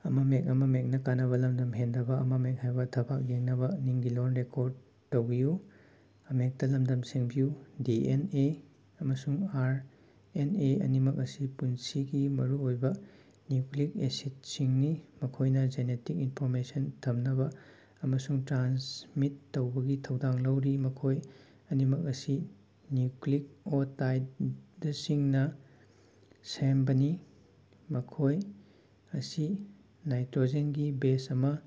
D. N. A. ꯑꯃꯁꯨꯡ R. N. A. ꯑꯅꯤꯃꯛ ꯑꯁꯤ ꯄꯨꯟꯁꯤꯒꯤ ꯃꯔꯨꯑꯣꯏꯕ ꯅ꯭ꯌꯨꯀꯂꯤꯛ ꯑꯦꯁꯤꯠꯁꯤꯡꯅꯤ, ꯃꯈꯣꯏꯅꯥ ꯖꯦꯅꯦꯇꯤꯛ ꯏꯟꯐꯣꯔꯃꯦꯁꯟ ꯊꯝꯅꯕꯥ ꯑꯃꯁꯨꯡ ꯇ꯭ꯔꯥꯟꯁꯃꯤꯠ ꯇꯧꯕꯒꯤ ꯊꯧꯗꯥꯡ ꯂꯧꯔꯤ꯫ ꯃꯈꯣꯏ ꯑꯅꯤꯃꯛ ꯑꯁꯤ ꯅ꯭ꯌꯨꯀꯂꯤꯛꯑꯣꯇꯥꯏꯗꯁꯤꯡꯅꯥ ꯁꯦꯝꯕꯅꯤ, ꯃꯈꯣꯏ ꯑꯁꯤ ꯅꯥꯏꯇꯔꯣꯖꯦꯟꯒꯤ ꯕꯦꯖ ꯑꯃ,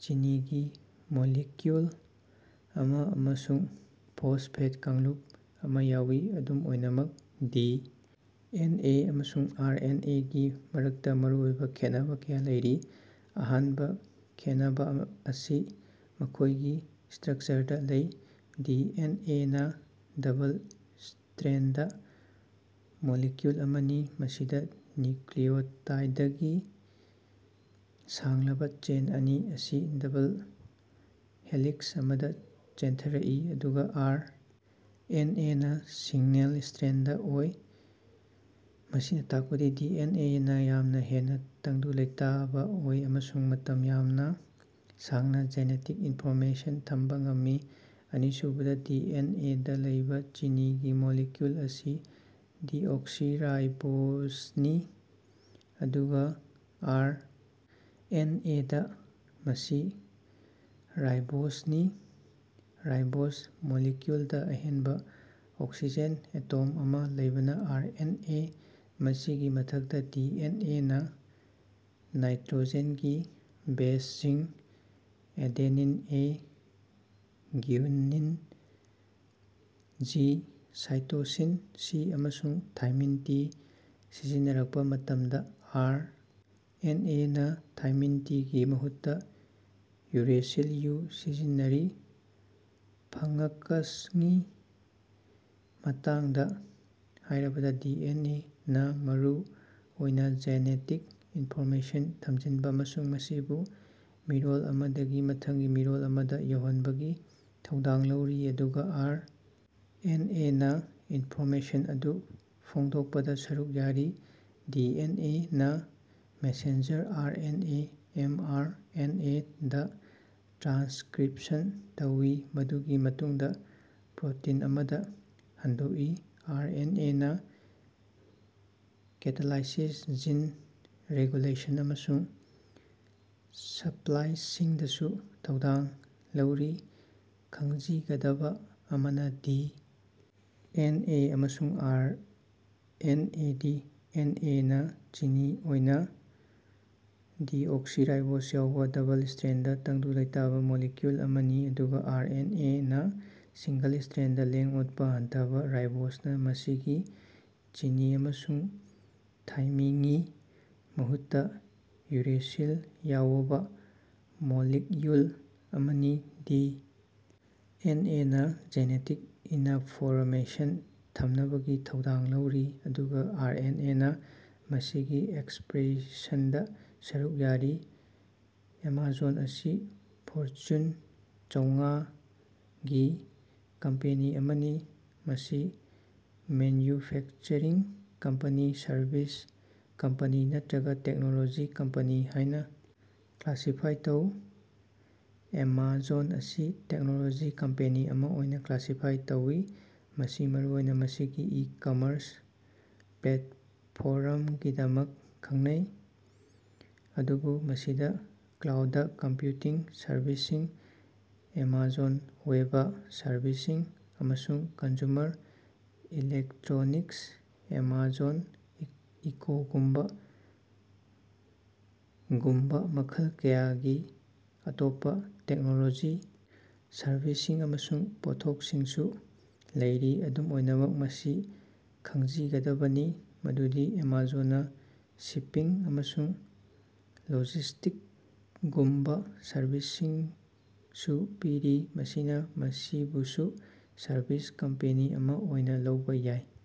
ꯆꯤꯅꯤꯒꯤ ꯃꯣꯂꯤꯀꯌꯨꯜ ꯑꯃ ꯑꯃꯁꯨꯡ ꯐꯣꯁꯐꯦꯠ ꯀꯥꯡꯂꯨꯞ ꯑꯃ ꯌꯥꯎꯏ꯫ ꯑꯗꯨꯝ ꯑꯣꯏꯅꯃꯛ ꯗꯤ. ꯑꯦꯟ. ꯑꯦ. ꯑꯃꯁꯨꯡ ꯑꯥꯔ. ꯑꯦꯟ. ꯑꯦ. ꯒꯤ ꯃꯔꯛꯇ ꯃꯔꯨꯑꯣꯏꯕ ꯈꯦꯠꯅꯕꯥ ꯀꯌꯥ ꯂꯩꯔꯤ꯫ ꯑꯍꯥꯟꯕ ꯈꯦꯟꯅꯕꯥ ꯑꯁꯤ ꯃꯈꯣꯏꯒꯤ ꯁ꯭ꯇꯔꯛꯆꯔꯗꯥ ꯂꯩ꯫ ꯗꯤ. ꯑꯦꯟ. ꯑꯦ. ꯅꯥ ꯗꯕꯜ-ꯁ꯭ꯇꯔꯦꯟꯗ ꯃꯣꯂꯤꯀꯌꯨꯜ ꯑꯃꯅꯤ, ꯃꯁꯤꯗ ꯅ꯭ꯌꯨꯀꯂꯤꯛꯑꯣꯇꯥꯏꯗꯀꯤ ꯁꯥꯡꯂꯕ ꯆꯦꯟ ꯑꯅꯤ ꯑꯁꯤ ꯗꯕꯜ ꯍꯦꯂꯤꯛꯁ ꯑꯃꯗ ꯆꯦꯟꯊꯔꯛꯏ, ꯑꯗꯨꯒ ꯑꯥꯔ. ꯑꯦꯟ. ꯑꯦ. ꯅꯥ ꯁꯤꯡꯅꯦꯜ-ꯁ꯭ꯇꯔꯦꯟꯗ ꯑꯣꯏ꯫ ꯃꯁꯤꯅ ꯇꯥꯛꯄꯗꯤ ꯗꯤ. ꯑꯦꯟ. ꯑꯦ. ꯅꯥ ꯌꯥꯝꯅ ꯍꯦꯟꯅꯥ ꯇꯪꯗꯨ ꯂꯩꯇꯥꯕ ꯑꯣꯏ ꯑꯃꯁꯨꯡ ꯃꯇꯝ ꯌꯥꯝꯅ ꯁꯥꯡꯅ ꯖꯦꯅꯦꯇꯤꯛ ꯏꯟꯐꯣꯔꯃꯦꯁꯟ ꯊꯝꯕꯥ ꯉꯝꯃꯤ꯫ ꯑꯅꯤꯁꯨꯕꯗꯥ, ꯗꯤ. ꯑꯦꯟ. ꯑꯦ. ꯗꯥ ꯂꯩꯕ ꯆꯤꯅꯤꯒꯤ ꯃꯣꯂꯤꯀꯌꯨꯜ ꯑꯁꯤ ꯗꯤꯑꯣꯛꯁꯤꯔꯥꯏꯕꯣꯖꯅꯤ, ꯑꯗꯨꯒ ꯑꯥꯔ. ꯑꯦꯟ. ꯑꯦ. ꯗꯥ, ꯃꯁꯤ ꯔꯥꯏꯕꯣꯖꯅꯤ꯫ ꯔꯥꯏꯕꯣꯖ ꯃꯣꯂꯤꯀꯌꯨꯜꯗ ꯑꯍꯦꯟꯕ ꯑꯣꯛꯁꯤꯖꯦꯟ ꯑꯦꯇꯣꯝ ꯑꯃ ꯂꯩꯕꯅ ꯑꯥꯔ. ꯑꯦꯟ. ꯑꯦ. ꯃꯁꯤꯒꯤ ꯃꯊꯛꯇ, ꯗꯤ. ꯑꯦꯟ. ꯑꯦ. ꯅꯥ ꯅꯥꯏꯇꯔꯣꯖꯦꯟꯒꯤ ꯕꯦꯖꯁꯤꯡ adenine (A), guanine (G), cytosine (C), ꯑꯃꯁꯨꯡ ꯊꯥꯏꯃꯤꯟ (ꯇꯤ) ꯁꯤꯖꯤꯟꯅꯔꯛꯄꯥ ꯃꯇꯝꯗ, ꯑꯥꯔ. ꯑꯦꯟ. ꯑꯦ. ꯅꯥ ꯊꯥꯏꯃꯤꯟ (ꯇꯤ)ꯒꯤ ꯃꯍꯨꯠꯇ ꯌꯨꯔꯦꯁꯤꯜ (ꯌꯨ) ꯁꯤꯖꯤꯟꯅꯔꯤ꯫ ꯐꯉ꯭ꯀꯁꯉꯤ ꯃꯇꯥꯡꯗ ꯍꯥꯏꯔꯕꯗ, ꯗꯤ. ꯑꯦꯟ. ꯑꯦ. ꯅꯥ ꯃꯔꯨ ꯑꯣꯏꯅ ꯖꯦꯅꯦꯇꯤꯛ ꯏꯟꯐꯣꯔꯃꯦꯁꯟ ꯊꯝꯖꯤꯟꯕ ꯑꯃꯁꯨꯡ ꯃꯁꯤꯕꯨ ꯃꯤꯔꯣꯜ ꯑꯃꯗꯒꯤ ꯃꯊꯪꯒꯤ ꯃꯤꯔꯣꯜ ꯑꯃꯗ ꯌꯧꯍꯟꯕꯒꯤ ꯊꯧꯗꯥꯡ ꯂꯧꯔꯤ, ꯑꯗꯨꯒ ꯑꯥꯔ. ꯑꯦꯟ. ꯑꯦ. ꯅꯥ ꯏꯟꯐꯣꯔꯃꯦꯁꯟ ꯑꯗꯨ ꯐꯣꯡꯗꯣꯛꯄꯗ ꯁꯔꯨꯛ ꯌꯥꯔꯤ꯫ ꯗꯤ. ꯑꯦꯟ. ꯑꯦ. ꯅꯥ messenger R. N. A. (M. R. N. ꯑꯦ.)ꯗꯥ ꯇ꯭ꯔꯥꯟꯁꯀꯔꯤꯞꯁꯟ ꯇꯧꯏ, ꯃꯗꯨꯒꯤ ꯃꯇꯨꯡꯗꯥ ꯄ꯭ꯔꯣꯇꯤꯟ ꯑꯃꯗ ꯍꯟꯗꯣꯛꯏ꯫ ꯑꯥꯔ. ꯑꯦꯟ. ꯑꯦ. ꯅꯥ ꯀꯦꯇꯥꯂꯥꯏꯁꯤꯁ, ꯖꯤꯟ ꯔꯦꯒꯨꯂꯦꯁꯟ ꯑꯃꯁꯨꯡ ꯁ꯭ꯄꯂꯥꯏꯁꯤꯡꯗꯁꯨ ꯊꯧꯗꯥꯡ ꯂꯧꯔꯤ꯫ ꯈꯪꯖꯤꯒꯗꯕꯥ ꯑꯃꯅ, ꯗꯤ. ꯑꯦꯟ. ꯑꯦ. ꯑꯃꯁꯨꯡ R. N. A. D. N. A. ꯅꯥ ꯆꯤꯅꯤ ꯑꯣꯏꯅ ꯗꯤꯑꯣꯛꯁꯤꯔꯥꯏꯕꯣꯖ ꯌꯥꯎꯕ ꯗꯕꯜ-ꯁ꯭ꯇꯔꯦꯟꯗ, ꯇꯪꯗꯨ ꯂꯩꯇꯥꯕ ꯃꯣꯂꯤꯀꯌꯨꯜ ꯑꯃꯅꯤ, ꯑꯗꯨꯒ ꯑꯥꯔ. ꯑꯦꯟ. ꯑꯦ. ꯅꯥ ꯁꯤꯡꯒꯜ-ꯁ꯭ꯇꯔꯦꯟꯗ, ꯂꯦꯡ-ꯑꯣꯠꯄꯥ ꯍꯟꯊꯕꯥ, ꯔꯥꯏꯕꯣꯖꯅ ꯃꯁꯤꯒꯤ ꯆꯤꯅꯤ ꯑꯃꯁꯨꯡ ꯊꯥꯏꯃꯤꯉꯤ ꯃꯍꯨꯠꯇꯥ ꯌꯨꯔꯦꯁꯤꯜ ꯌꯥꯑꯣꯕꯥ ꯃꯣꯂꯤꯛꯀ꯭ꯌꯨꯜ ꯑꯃꯅꯤ꯫ ꯗꯤ. ꯑꯦꯟ. ꯑꯦ. ꯅꯥ ꯖꯦꯅꯦꯇꯤꯛ ꯏꯅꯐꯣꯔꯃꯦꯁꯟ ꯊꯝꯅꯕꯒꯤ ꯊꯧꯗꯥꯡ ꯂꯧꯔꯤ, ꯑꯗꯨꯒ ꯑꯥꯔ. ꯑꯦꯟ. ꯑꯦ. ꯅꯥ ꯃꯁꯤꯒꯤ ꯑꯦꯛꯁꯄꯔꯦꯁꯟꯗꯥ ꯁꯔꯨꯛ ꯌꯥꯔꯤ꯫ ꯑꯦꯃꯥꯖꯣꯟ ꯑꯁꯤ ꯐꯣꯔꯆꯨꯟ ꯆꯧꯉꯥ ꯒꯤ ꯀꯝꯄꯦꯅꯤ ꯑꯃꯅꯤ꯫ ꯃꯁꯤ ꯃꯦꯟꯌꯨꯐꯦꯛꯆꯔꯤꯡ ꯀꯝꯄꯅꯤ, ꯁꯔꯚꯤꯁ ꯀꯝꯄꯅꯤ ꯅꯠꯇꯔꯒ ꯇꯦꯛꯅꯣꯂꯣꯖꯤ ꯀꯝꯄꯅꯤ ꯍꯥꯏꯅ ꯀ꯭ꯂꯥꯁꯤꯐꯥꯏ ꯇꯧ꯫ ꯑꯦꯃꯥꯖꯣꯟ ꯑꯁꯤ ꯇꯦꯛꯅꯣꯂꯣꯖꯤ ꯀꯝꯄꯦꯅꯤ ꯑꯃ ꯑꯣꯏꯅ ꯀ꯭ꯂꯥꯁꯤꯐꯥꯏ ꯇꯧꯏ꯫ ꯃꯁꯤ ꯃꯔꯨꯑꯣꯏꯅ ꯃꯁꯤꯒꯤ ꯏ-ꯀꯃꯔꯁ ꯄ꯭ꯂꯦꯠꯐꯣꯔꯝꯒꯤꯗꯃꯛ ꯈꯪꯅꯩ, ꯑꯗꯨꯕꯨ ꯃꯁꯤꯗ ꯀ꯭ꯂꯥꯎꯗ ꯀꯝꯄꯌꯨꯇꯤꯡ ꯁꯔꯚꯤꯁꯁꯤꯡ (ꯑꯦꯃꯥꯖꯣꯟ ꯋꯦꯕ ꯁꯔꯕꯤꯁꯁꯤꯡ) ꯑꯃꯁꯨꯡ ꯀꯟꯖꯨꯃꯔ ꯏꯂꯦꯛꯇꯔꯣꯅꯤꯛꯁ (ꯑꯦꯃꯥꯖꯣꯟ ꯏꯀꯣꯒꯨꯝꯕꯥ)ꯒꯨꯝꯕꯥ ꯃꯈꯜ ꯀꯌꯥꯒꯤ ꯑꯇꯣꯞꯄꯥ ꯇꯦꯛꯅꯣꯂꯣꯖꯤ ꯁꯔꯚꯤꯁꯁꯤꯡ ꯑꯃꯁꯨꯡ ꯄꯣꯠꯊꯣꯛꯁꯤꯡꯁꯨ ꯂꯩꯔꯤ꯫ ꯑꯗꯨꯝ ꯑꯣꯏꯅꯃꯛ, ꯃꯁꯤ ꯈꯪꯖꯤꯒꯗꯕꯅꯤ ꯃꯗꯨꯗꯤ ꯑꯦꯃꯥꯖꯣꯟꯅꯥ ꯁꯤꯄꯤꯡ ꯑꯃꯁꯨꯡ ꯂꯣꯖꯤꯁ꯭ꯇꯤꯛꯒꯨꯝꯕꯥ ꯁꯔꯚꯤꯁꯁꯤꯡꯁꯨ ꯄꯤꯔꯤ, ꯃꯁꯤꯅ ꯃꯁꯤꯕꯨꯁꯨ ꯁꯔꯚꯤꯁ ꯀꯝꯄꯦꯅꯤ ꯑꯃ ꯑꯣꯏꯅ ꯂꯧꯕ ꯌꯥꯏ꯫